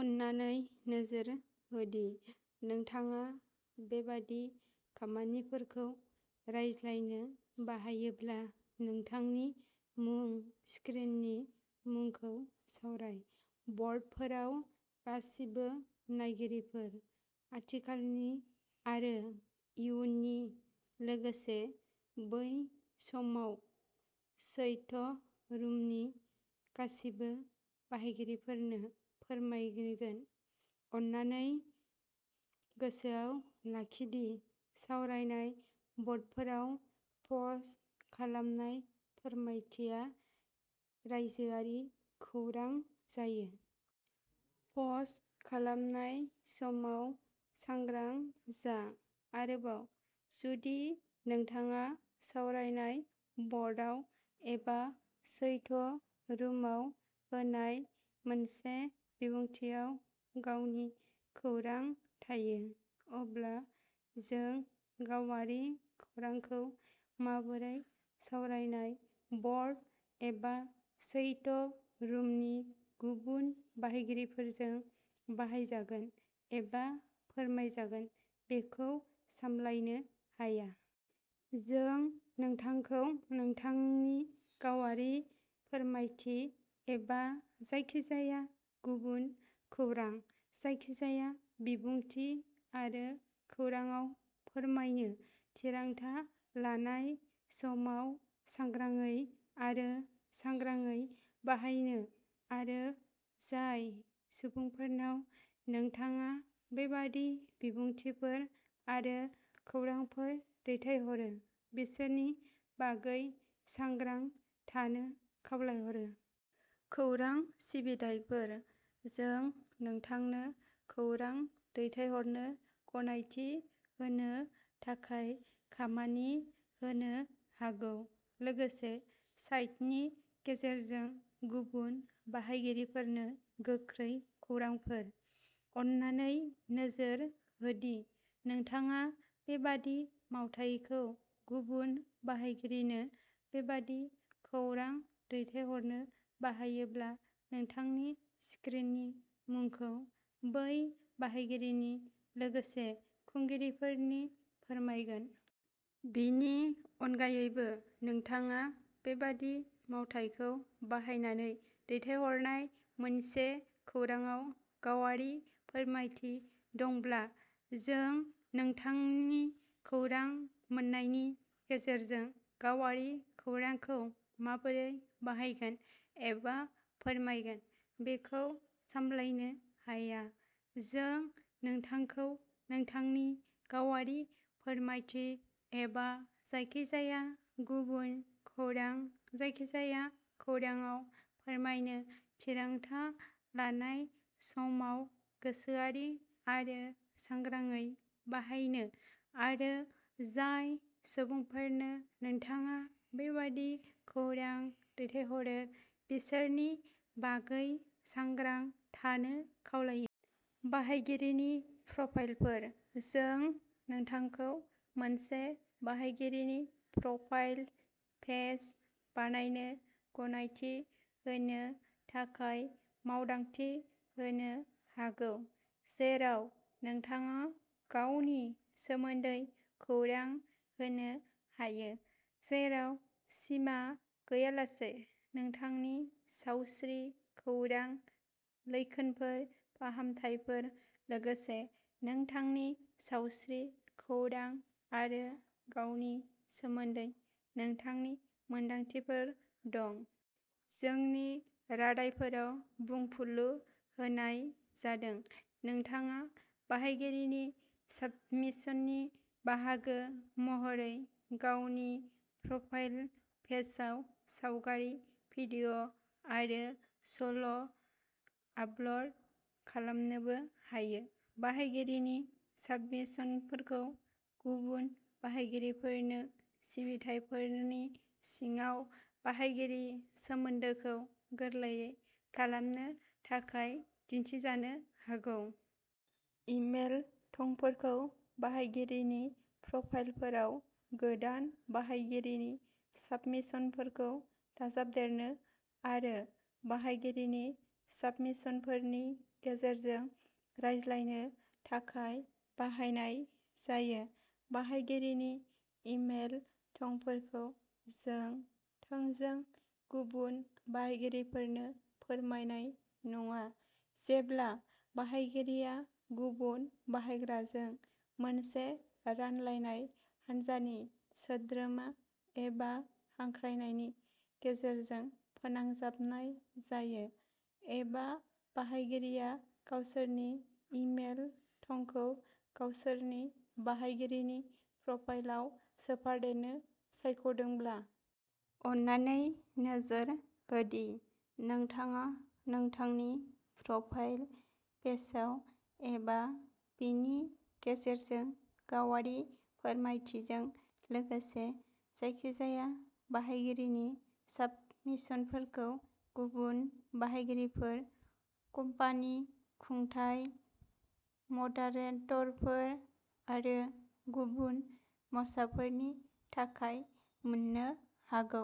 अन्नानै नोजोर हो दि नोंथाङा बेबादि खामानिफोरखौ रायज्लायनो बाहायोब्ला, नोंथांनि मुं स्क्रिननि मुंखौ सावराय ब'र्डफोराव गासिबो नायगिरिफोर, आथिखालनि आरो इयुननि, लोगोसे बै समाव चैट रुमनि गासिबो बाहायगिरिफोरनो फोरमायगोन। अन्नानै गोसोआव लाखि दि सावरायनाय ब'र्डफोराव पस्ट खालामनाय फोरमायथिया रायजोआरि खौरां जायो। पस्ट खालामनाय समाव सांग्रां जा। आरोबाव, जुदि नोंथाङा सावरायनाय ब'र्डआव एबा चैट रुमाव होनाय मोनसे बिबुंथिआव गावनि खौरां थायो, अब्ला जों गावारि खौरांखौ माबोरै सावरायनाय ब'र्ड एबा चैट रुमनि गुबुन बाहायगिरिफोरजों बाहायजागोन एबा फोरमायजागोन बेखौ सामलायनो हाया। जों नोंथांखौ नोंथांनि गावारि फोरमायथि, एबा जायखिजाया गुबुन खौरां, जायखिजाया बिबुंथि आरो खौरांआव फोरमायनो थिरांथा लानाय समाव सांग्राङै आरो सांग्राङै बाहायनो आरो जाय सुबुंफोरनाव नोंथाङा बेबादि बिबुंथिफोर आरो खौरांफोर दैथायहरो बिसोरनि बागै सांग्रां थानो खावलायहरो। खौरां सिबिथायफोर जों नोंथांनो खौरां दैथायहरनो गनायथि होनो थाखाय खामानि होनो हागौ, लोगोसे साइटनि गेजेरजों गुबुन बाहायगिरिफोरनो गोख्रै खौरांफोर। अन्नानै नोजोर हो दि नोंथाङा बेबादि मावथायखौ गुबुन बाहायगिरिनो बेबादि खौरां दैथायहरनो बाहायोब्ला, नोंथांनि स्क्रिननि मुंखौ बै बाहायगिरिनि लोगोसे खुंगिरिफोरनि फोरमायगोन। बेनि अनगायैबो, नोंथाङा बेबादि मावथायखौ बाहायनानै दैथायहरनाय मोनसे खौरांआव गावारि फोरमायथि दंब्ला, जों नोंथांनि खौरां मोन्नायनि गेजेरजों गावारि खौरांखौ माबोरै बाहायगोन एबा फोरमायगोन बेखौ सामलायनो हाया। जों नोंथांखौ नोंथांनि गावारि फोरमायथि, एबा जायखिजाया गुबुन खौरां, जायखिजाया खौरांआव फोरमायनो थिरांथा लानाय समाव गोसोआरि आरो सांग्राङै बाहायनो आरो जाय सुबुंफोरनो नोंथाङा बेबादि खौरां दैथायहरो बिसोरनि बागै सांग्रां थानो खावलायो। बाहायगिरिनि प्रफाइलफोर जों नोंथांखौ मोनसे बाहायगिरिनि प्रफाइल पेज बानायनो गनायथि होनो थाखाय मावदांथि होनो हागौ जेराव नोंथाङा गावनि सोमोन्दै खौरां होनो हायो, जेराव सिमा गैयालासे, नोंथांनि सावस्रि खौरां, लैखोनफोर, फाहामथायफोर, लोगोसे नोंथांनि सावस्रि खौरां आरो गावनि सोमोन्दै नोंथांनि मोनदांथिफोर दं। जोंनि रादायफोराव बुंफुरलु होनाय जादों। नोंथाङा बाहायगिरिनि साबमिशननि बाहागो महरै गावनि प्रफाइल पेजआव सावगारि, भिडिअ' आरो सल' आपल'ड खालामनोबो हायो। बाहायगिरिनि साबमिशनफोरखौ गुबुन बाहायगिरिफोरनो सिबिथायफोरनि सिङाव बाहायगिरिनि सोमोन्दोखौ गोरलै खालामनो थाखाय दिन्थिजानो हागौ। इमेल थंफोरखौ बाहायगिरिनि प्रफाइलफोराव गोदान बाहायगिरिनि साबमिशनफोरखौ दाजाबदेरनो आरो बाहायगिरिनि साबमिशनफोरनि गेजेरजों रायज्लायनो थाखाय बाहायनाय जायो। बाहायगिरिनि इमेल थंफोरखौ जों थोंजों गुबुन बाहायगिरिफोरनो फोरमायनाय नङा, जेब्ला बाहायगिरिया गुबुन बाहायग्राजों मोनसे रानलायनाय हान्जानि सोद्रोमा एबा हांख्रायनायनि गेजेरजों "फोनांजाबनाय" जायो, एबा बाहायगिरिया गावसोरनि इमेल थंखौ गावसोरनि बाहायगिरिनि प्रफाइलाव सोफादेरनो सायख'दोंब्ला। अन्नानै नोजोर हो दि नोंथाङा नोंथांनि प्रफाइल पेजआव एबा बेनि गेजेरजों गावारि फोरमायथिजों लोगोसे जायखिजाया बाहायगिरिनि साबमिशनफोरखौ गुबुन बाहायगिरिफोर, कम्पानि, खुंथाय, मदारेटरफोर आरो गुबुन मावसाफोरनि थाखाय मोननो हागौ।